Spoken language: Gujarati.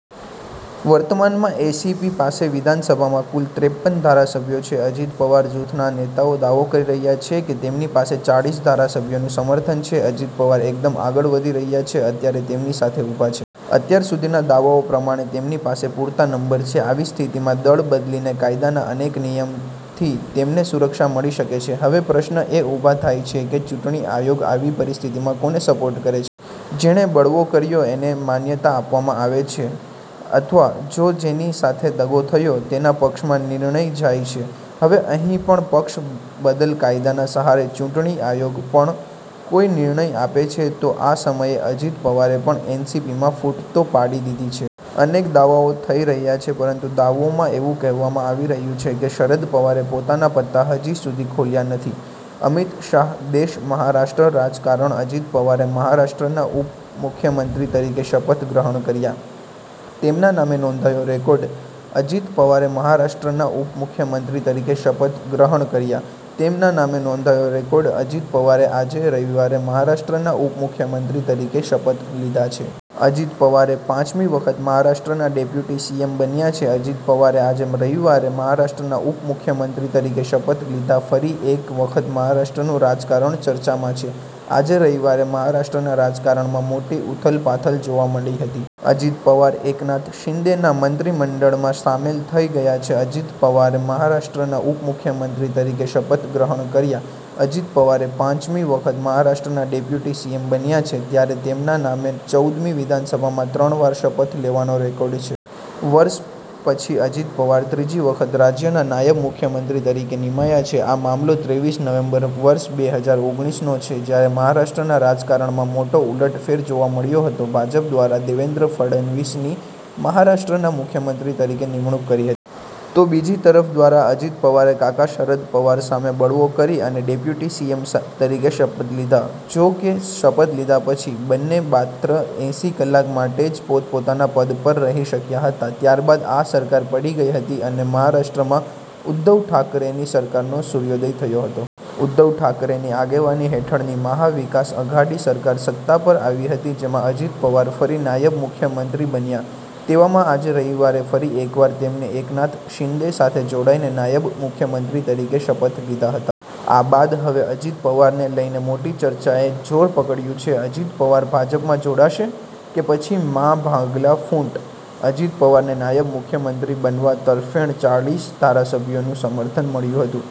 વર્તમાનમાં એસીપી પાસે વિધાનસભામાં કુલ ત્રેપ્પન ધારાસભ્યો છે. અજીત પવાર જૂથના નેતાઓ દાવો કરી રહ્યા છે કે તેમની પાસે ચાળીસ ધારાસભ્યોનું સમર્થન છે. અજીત પવાર એકદમ આગળ વધી રહ્યા છે. અત્યારે તેમની સાથે ઊભા છે. અત્યાર સુધીના દાવાઓ પ્રમાણે તેમની પાસે પુરતા નંબર છે. આવી સ્થિતિમાં દળ બદલીને કાયદાના અનેક નિયમથી તેમને સુરક્ષા મળી શકે છે. હવે પ્રશ્ન એ ઊભા થાય છે કે ચૂંટણી આયોગ આવી પરિસ્થિતિમાં કોને સપોર્ટ કરે છે. જેણે બળવો કર્યો એને માન્યતા આપવામાં આવે છે અથવા તો જેની સાથે દગો થયો તેના પક્ષમાં નિર્ણય જાય છે. હવે અહીં પણ પક્ષ બદલ કાયદાના સહારે ચૂંટણી આયોગ પણ કોઈ નિર્ણય આપે છે તો આ સમયે અજીત પવારે પણ એનસીપીમાં ફૂટ તો પાડી દીધી છે. અનેક દાવાઓ થઈ રહ્યા છે પરંતુ દાવોમાં એવું કહેવામાં આવી રહ્યું છે કે શરદ પવારે પોતાના પત્તા હજી સુધી ખોલ્યા નથી. અમિત શાહ દેશ મહારાષ્ટ્ર રાજકારણ અજિત પવારે મહારાષ્ટ્રના ઉપમુખ્યમંત્રી તરીકે શપથ ગ્રહણ કર્યા, તેમના નામે નોંધાયો રેકોર્ડ અજિત પવારે મહારાષ્ટ્રના ઉપમુખ્યમંત્રી તરીકે શપથ ગ્રહણ કર્યા, તેમના નામે નોંધાયો રેકોર્ડ અજિત પવારે આજે રવિવારે મહારાષ્ટ્રના ઉપમુખ્યમંત્રી તરીકે શપથ લીધા છે. અજિત પવારે પાંચ મી વખત મહારાષ્ટ્રના ડેપ્યુટી સીએમ બન્યા છે. અજિત પવારે આજે રવિવારે મહારાષ્ટ્રના ઉપમુખ્યમંત્રી તરીકે શપથ લીધા ફરી એક વખત મહારાષ્ટ્રનું રાજકારણ ચર્ચામાં છે. આજે રવિવારે મહારાષ્ટ્રના રાજકારણમાં મોટી ઉથલપાથલ જોવા મળી હતી. અજિત પવાર એકનાથ શિંદેના મંત્રીમંડળમાં સામેલ થઇ ગયા છે. અજિત પવારે મહારાષ્ટ્રના ઉપમુખ્યમંત્રી તરીકે શપથ ગ્રહણ કર્યા. અજિત પવારે પાંચમી વખત મહારાષ્ટ્રના ડેપ્યુટી સીએમ બન્યા છે. ત્યારે તેમના નામે ચૌદ મી વિધાનસભામાં ત્રણવાર શપથ લેવાનો રેકોર્ડ છે. વર્ષ પછી અજિત પવાર ત્રીજી વખત રાજ્યના નાયબ મુખ્યમંત્રી તરીકે નિમાયા છે. આ મામલો ત્રેવીસ નવેમ્બર વર્ષ બે હજાર ઓગણીસ નો છે. જ્યારે મહારાષ્ટ્રના રાજકારણમાં મોટો ઉલટફેર જોવા મળ્યો હતો. ભાજપ દ્વારા દેવેન્દ્ર ફડણવીસની મહારાષ્ટ્રના મુખ્યમંત્રી તરીકે નિમણૂંક કરી હતી. તો બીજી તરફ દ્વારા અજિત પવારે કાકા શરદ પવાર સામે બળવો કરી અને ડેપ્યુટી સીએમ તરીકે શપથ લીધા. જો કે, શપથ લીધા પછી, બંને માત્ર એંસી કલાક માટે જ પોતપોતાના પદ પર રહી શક્યા હતા, ત્યારબાદ આ સરકાર પડી ગઇ હતી અને મહારાષ્ટ્રમાં ઉદ્ધવ ઠાકરેની સરકારનો સુર્યોદય થયો હતો. ઉદ્ધવ ઠાકરેની આગેવાની હેઠળની મહા વિકાસ અઘાડી સરકાર સત્તાપર આવી હતી. જેમાં અજિત પવાર ફરી નાયબ મુખ્યમંત્રી બન્યા. તેવામાં આજે રવિવારે ફરી એકવાર તેમને એકનાથ શિંદે સાથે જોડાઇને નાયબ મુખ્યમંત્રી તરીકે શપથ લીધા હતા. આ બાદ હવે અજિત પવારને લઇને મોટી ચર્ચાએ જોર પકડ્યું છે. અજિત પવાર ભાજપમાં જોડાશે? કે પછી માં ભાગલા ફૂંટ? અજીત પવારને નાયબ મુખ્યમંત્રી બનવા તરફેંણ ચાળીસ ધારાસભ્યોનું સમર્થન મળ્યું હતું.